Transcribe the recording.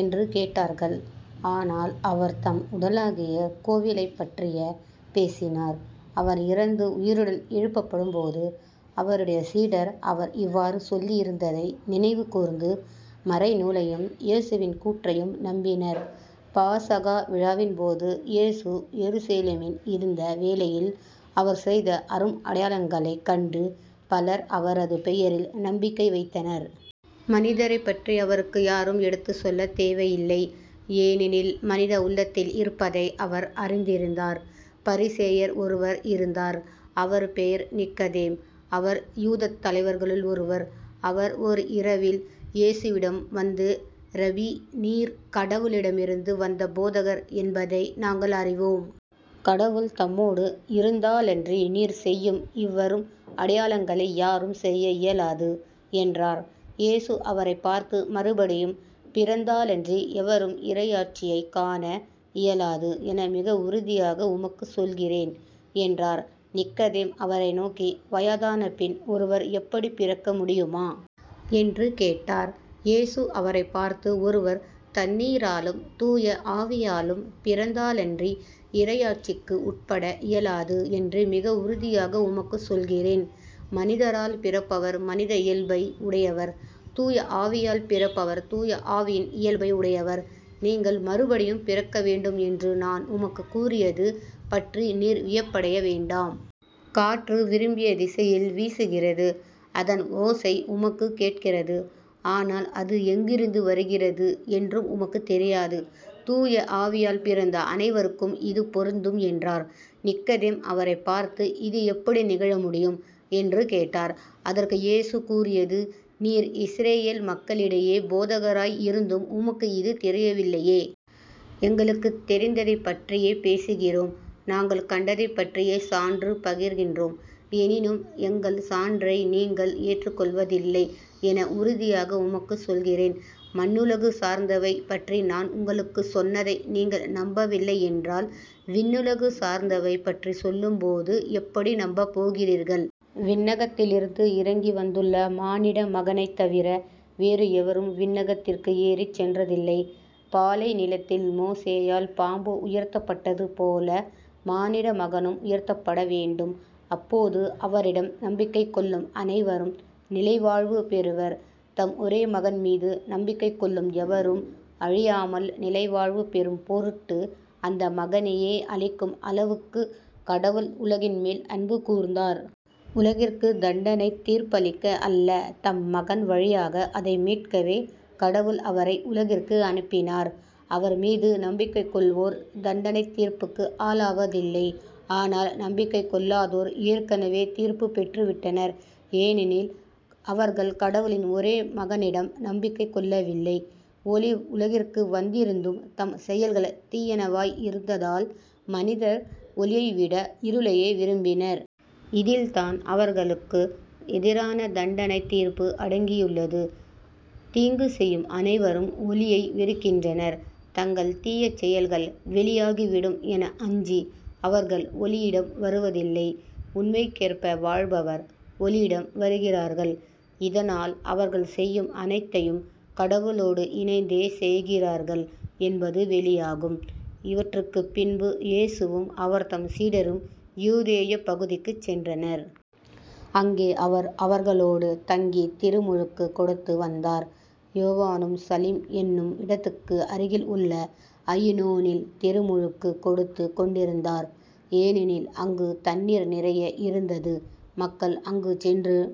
என்று கேட்டார்கள். ஆனால் அவர் தம் உடலாகிய கோவிலைப்பற்றியே பேசினார். அவர் இறந்து உயிருடன் எழுப்பப்பட்டபோது அவருடைய சீடர் அவர் இவ்வாறு சொல்லியிருந்ததை நினைவு கூர்ந்து மறைநூலையும் இயேசுவின் கூற்றையும் நம்பினர். பாஸகா விழாவின்போது இயேசு எருசலேமில் இருந்த வேளையில் அவர் செய்த அரும் அடையாளங்களைக் கண்டு பலர் அவரது பெயரில் நம்பிக்கை வைத்தனர். மனிதரைப் பற்றி அவருக்கு யாரும் எடுத்துச் சொல்லத் தேவையில்லை. ஏனெனில் மனித உள்ளத்தில் இருப்பதை அவர் அறிந்திருந்தார். பரிசேயர் ஒருவர் இருந்தார் அவர் பெயர் நிக்கதேம். அவர் யூதத் தலைவர்களுள் ஒருவர். அவர் ஓர் இரவில் இயேசுவிடம் வந்து ரபி நீர் கடவுளிடமிருந்து வந்த போதகர் என்பதை நாங்கள் அறிவோம். கடவுள் தம்மோடு இருந்தாலன்றி நீர் செய்யும் இவ்வரும் அடையாளங்களை யாரும் செய்ய இயலாது என்றார். இயேசு அவரைப் பார்த்து மறுபடியும் பிறந்தாலன்றி எவரும் இறையாட்சியைக் காண இயலாது என மிக உறுதியாக உமக்குச் சொல்லுகிறேன் என்றார். நிக்கதேம் அவரைநோக்கி வயதானபின் ஒருவர் எப்படிப் பிறக்க முடியுமா? என்று கேட்டார். இயேசு அவரைப் பார்த்து ஒருவர் தண்ணீராலும் தூய ஆவியாலும் பிறந்தாலன்றி இறையாட்சிக்கு உட்பட இயலாது என்று மிக உறுதியாக உமக்குச் சொல்கிறேன். மனிதரால் பிறப்பவர் மனித இயல்பை உடையவர். தூய ஆவியால் பிறப்பவர் தூய ஆவியின் இயல்பை உடையவர். நீங்கள் மறுபடியும் பிறக்கவேண்டும் என்று நான் உமக்குக் கூறியது பற்றி நீர் வியப்படைய வேண்டாம். காற்று விரும்பிய திசையில் வீசுகிறது. அதன் ஓசை உமக்குக் கேட்கிறது. ஆனால் அது எங்கிருந்து வருகிறது என்றும் உமக்குத் தெரியாது. தூய ஆவியால் பிறந்த அனைவருக்கும் இது பொருந்தும் என்றார். நிக்கதேம் அவரைப் பார்த்து இது எப்படி நிகழ முடியும்? என்று கேட்டார். அதற்கு இயேசு கூறியது நீர் இஸ்ரயேல் மக்களிடையே போதகராய் இருந்தும் உமக்கு இது தெரியவில்லையே. எங்களுக்குத் தெரிந்ததைப் பற்றியே பேசுகிறோம் நாங்கள் கண்டதைப் பற்றியே சான்று பகர்கின்றோம். எனினும் எங்கள் சான்றை நீங்கள் ஏற்றுக்கொள்வதில்லை என உறுதியாக உமக்குச் சொல்கிறேன். மண்ணுலகு சார்ந்தவை பற்றி நான் உங்களுக்குச் சொன்னதை நீங்கள் நம்பவில்லை என்றால் விண்ணுலகு சார்ந்தவை பற்றிச் சொல்லும் போது எப்படி நம்பப்போகிறீர்கள்? விண்ணகத்திலிருந்து இறங்கி வந்துள்ள மானிட மகனைத் தவிர வேறு எவரும் விண்ணகத்திற்கு ஏறிச் சென்றதில்லை. பாலைநிலத்தில் மோசேயால் பாம்பு உயர்த்தப்பட்டது போல மானிடமகனும் உயர்த்தப்பட வேண்டும். அப்போது அவரிடம் நம்பிக்கை கொள்ளும் அனைவரும் நிலைவாழ்வு பெறுவர். தம் ஒரே மகன் மீது நம்பிக்கை கொள்ளும் எவரும் அழியாமல் நிலைவாழ்வு பெறும் பொருட்டு அந்த மகனையே அளிக்கும் அளவுக்குக் கடவுள் உலகின்மேல் அன்பு கூர்ந்தார். உலகிற்குத் தண்டனைத் தீர்ப்பளிக்க அல்ல தம் மகன் வழியாக அதை மீட்கவே கடவுள் அவரை உலகிற்கு அனுப்பினார். அவர்மீது நம்பிக்கை கொள்வோர் தண்டனைத் தீர்ப்புக்கு ஆளாவதில்லை ஆனால் நம்பிக்கை கொள்ளாதோர் ஏற்கெனவே தீர்ப்புப் பெற்றுவிட்டனர். ஏனெனில் அவர்கள் கடவுளின் ஒரே மகனிடம் நம்பிக்கை கொள்ளவில்லை. ஒளி உலகிற்கு வந்திருந்தும் தம் செயல்கள் தீயனவாய் இருந்ததால் மனிதர் ஒளியைவிட இருளையே விரும்பினர். இதில்தான் அவர்களுக்கு எதிரான தண்டனைத் தீர்ப்பு அடங்கியுள்ளது. தீங்கு செய்யும் அனைவரும் ஒளியை வெறுக்கின்றனர். தங்கள் தீச்செயல்கள் வெளியாகிவிடும் என அஞ்சி அவர்கள் ஒளியிடம் வருவதில்லை. உண்மைக்கேற்ப வாழ்பவர் ஒளியிடம் வருகிறார்கள். இதனால் அவர்கள் செய்யும் அனைத்தையும் கடவுளோடு இணைந்தே செய்கிறார்கள் என்பது வெளியாகும். இவற்றுக்குப் பின்பு இயேசுவும் அவர்தம் சீடரும் யூதேயப் பகுதிக்குச் சென்றனர். அங்கே அவர் அவர்களோடு தங்கித் திருமுழுக்குக் கொடுத்து வந்தார். யோவானும் சலீம் என்னும் இடத்துக்கு அருகில் உள்ள அயினோனில் திருமுழுக்குக் கொடுத்துக் கொண்டிருந்தார். ஏனெனில் அங்குத் தண்ணீர் நிறைய இருந்தது. மக்கள் அங்கு சென்று